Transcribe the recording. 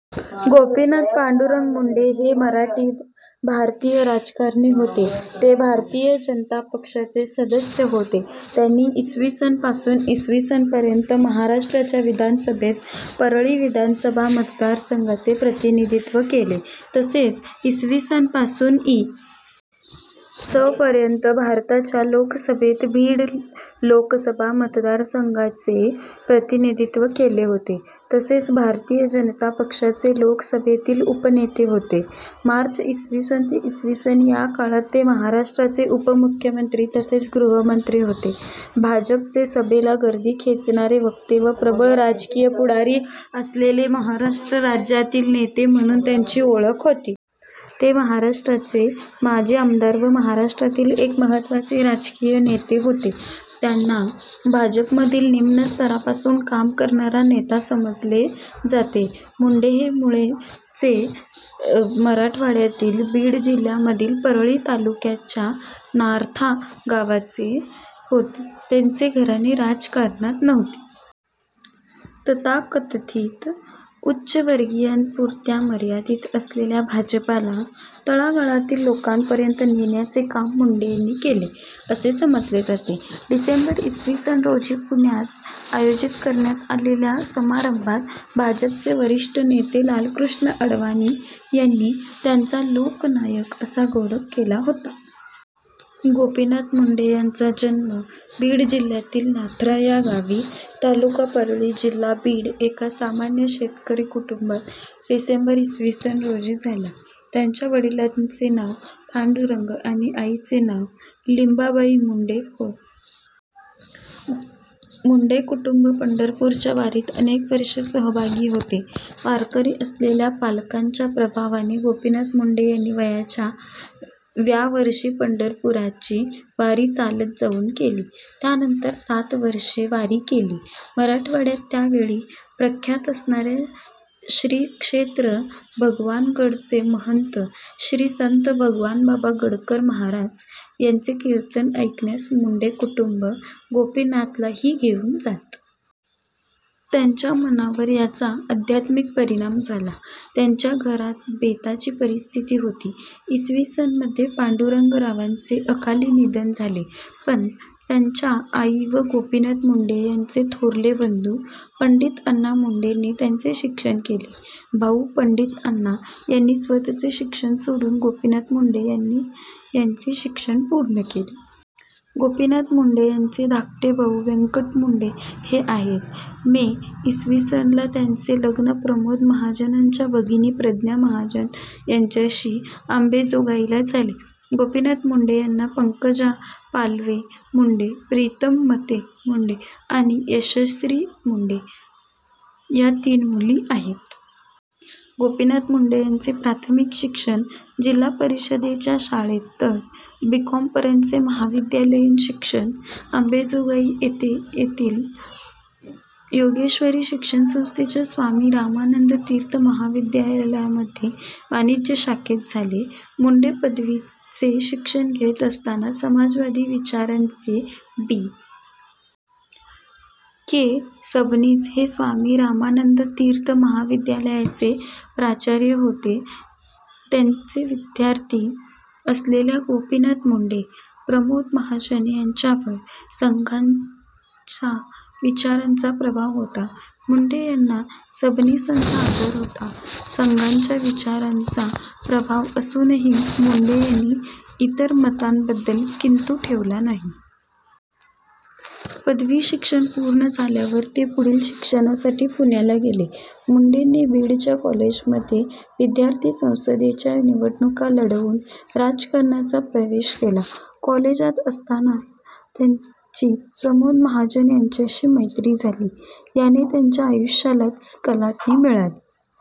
गोपीनाथ पांडुरंग मुंडे हे मराठी, भारतीय राजकारणी होते. ते भारतीय जनता पक्षाचे सदस्य होते. त्यांनी इ. स. पासून इ. स. पर्यंत महाराष्ट्राच्या विधानसभेत परळी विधानसभा मतदारसंघाचे प्रतिनिधित्व केले तसेच इ. स. पासून इ. स. पर्यंत भारताच्या लोकसभेत बीड लोकसभा मतदारसंघाचे प्रतिनिधित्व केले होते. तसेच भारतीय जनता पक्षाचे लोकसभेतील उपनेते होते. मार्च इ. स. ते इ. स. या काळात ते महाराष्ट्राचे उपमुख्यमंत्री तसेच गृहमंत्री होते. भाजपचे सभेला गर्दी खेचणारे वक्ते व प्रबळ राजकीय पुढारी असलेले महाराष्ट्र राज्यातील नेते म्हणून त्यांची ओळख होतीे. ते महाराष्ट्राचे माजी आमदार व महाराष्ट्रातील एक महत्त्वाचे राजकीय नेते होते. त्यांना भाजपमधील निम्न स्तरापासून काम करणारा नेता समजले जाते. मुंडे हे मूळचे मराठवाड्यातील बीड जिल्ह्यामधील परळी तालुक्याच्या नाथ्रा गावचे होते. त्यांचे घराणे राजकारणात नव्हते. तथाकथित उच्चवर्गीयांपुरत्या मर्यादित असलेल्या भाजपला तळागाळातील लोकांपर्यंत नेण्याचे काम मुंडे यांनी केले, असे समजले जाते. डिसेंबर, इ. स. रोजी पुण्यात आयोजित करण्यात आलेल्या समारंभात भाजपचे वरिष्ठ नेते लालकृष्ण अडवाणी यांनी त्यांचा लोकनायक असा गौरव केला होता. गोपीनाथ मुंडे यांचा जन्म बीड जिल्ह्यातील नाथ्रा या गावी ता. परळी, जि. बीड एका सामान्य शेतकरी कुटुंबात डिसेंबर, इ. स. रोजी झाला. त्यांच्या वडिलांचे नाव पांडुरंग आणि आईचे नाव लिंबाबाई मुंडे होय. मुंडे कुटुंब पंढरपूरच्या वारीत अनेक वर्षे सहभागी होते. वारकरी असलेल्या पालकांच्याप्रभावाने गोपीनाथ मुंडे यांनी वयाच्या व्या वर्षी पंढरपूराची वारी चालत जाऊन केली. त्यानंतर सात वर्षे वारी केली. मराठवाड्यात त्या वेळी प्रख्यात असणाऱ्या श्रीक्षेत्र भगवानगडचे महंत श्री संत भगवानबाबा गडकर महाराज यांचे कीर्तन ऐकण्यास मुंडे कुटुंब गोपीनाथलाही घेऊन जात. त्यांच्या मनावर याचा आध्यात्मिक परिणाम झाला. त्यांच्या घरात बेताची परिस्थिती होती. इ. स. मध्ये पांडुरंगरावांचे अकाली निधन झाले, पण त्यांच्या आई व गोपीनाथ मुंडे यांचे थोरले बंधू पंडितअण्णा मुंडेनी त्यांचे शिक्षण केले. भाऊ पंडितअण्णा यांनी स्वतःचे शिक्षण सोडून गोपीनाथ मुंडे यांनी यांचे शिक्षण पूर्ण केले. गोपीनाथ मुंडे यांचे धाकटे भाऊ व्यंकट मुंडे हे आहेत. मे, इ. स. ला त्यांचे लग्न प्रमोद महाजनांच्या भगिनी प्रज्ञा महाजन यांच्याशी आंबेजोगाईला झाले. गोपीनाथ मुंडे यांना पंकजा पालवे -मुंडे, प्रीतम मते-मुंडे आणि यशश्री मुंडे या तीन मुली आहेत. गोपीनाथ मुंडे यांचे प्राथमिक शिक्षण जिल्हापरिषदेच्या शाळेत तर बी. कॉम. पर्यंतचे महाविद्यालयीन शिक्षण आंबेजोगाई येथे येथील योगेश्वरी शिक्षण संस्थेच्या स्वामी रामानंद तीर्थ महाविद्यालयामध्ये वाणिज्य शाखेते झाले. मुंडे पदवीचे शिक्षण घेत असताना समाजवादी विचारांचे बी. के. सबनीस हे स्वामी रामानंद तीर्थ महाविद्यालयाचे प्राचार्य होते. त्यांचे विद्यार्थी असलेल्या गोपीनाथ मुंडे, प्रमोद महाजन यांच्यावर संघाच्या विचारांचा प्रभाव होता. मुंडे यांना सबनीसांचा आदर होता. संघाच्या विचारांचा प्रभाव असूनही मुंडे यांनी इतर मतांबद्दल किंतु ठेवला नाही. पदवीशिक्षण पूर्ण झाल्यावर ते पुढील शिक्षणासाठी पुण्याला गेले. मुंडेंनी बीडच्या कॉलेजमध्ये विद्यार्थी संसदेच्या निवडणुका लढवून राजकारणाचा प्रवेश केला. कॉलेजात असतांना त्यांची प्रमोद महाजन यांच्याशी मैत्री झाली. याने त्यांच्या आयुष्यालाच कलाटणी मिळाली.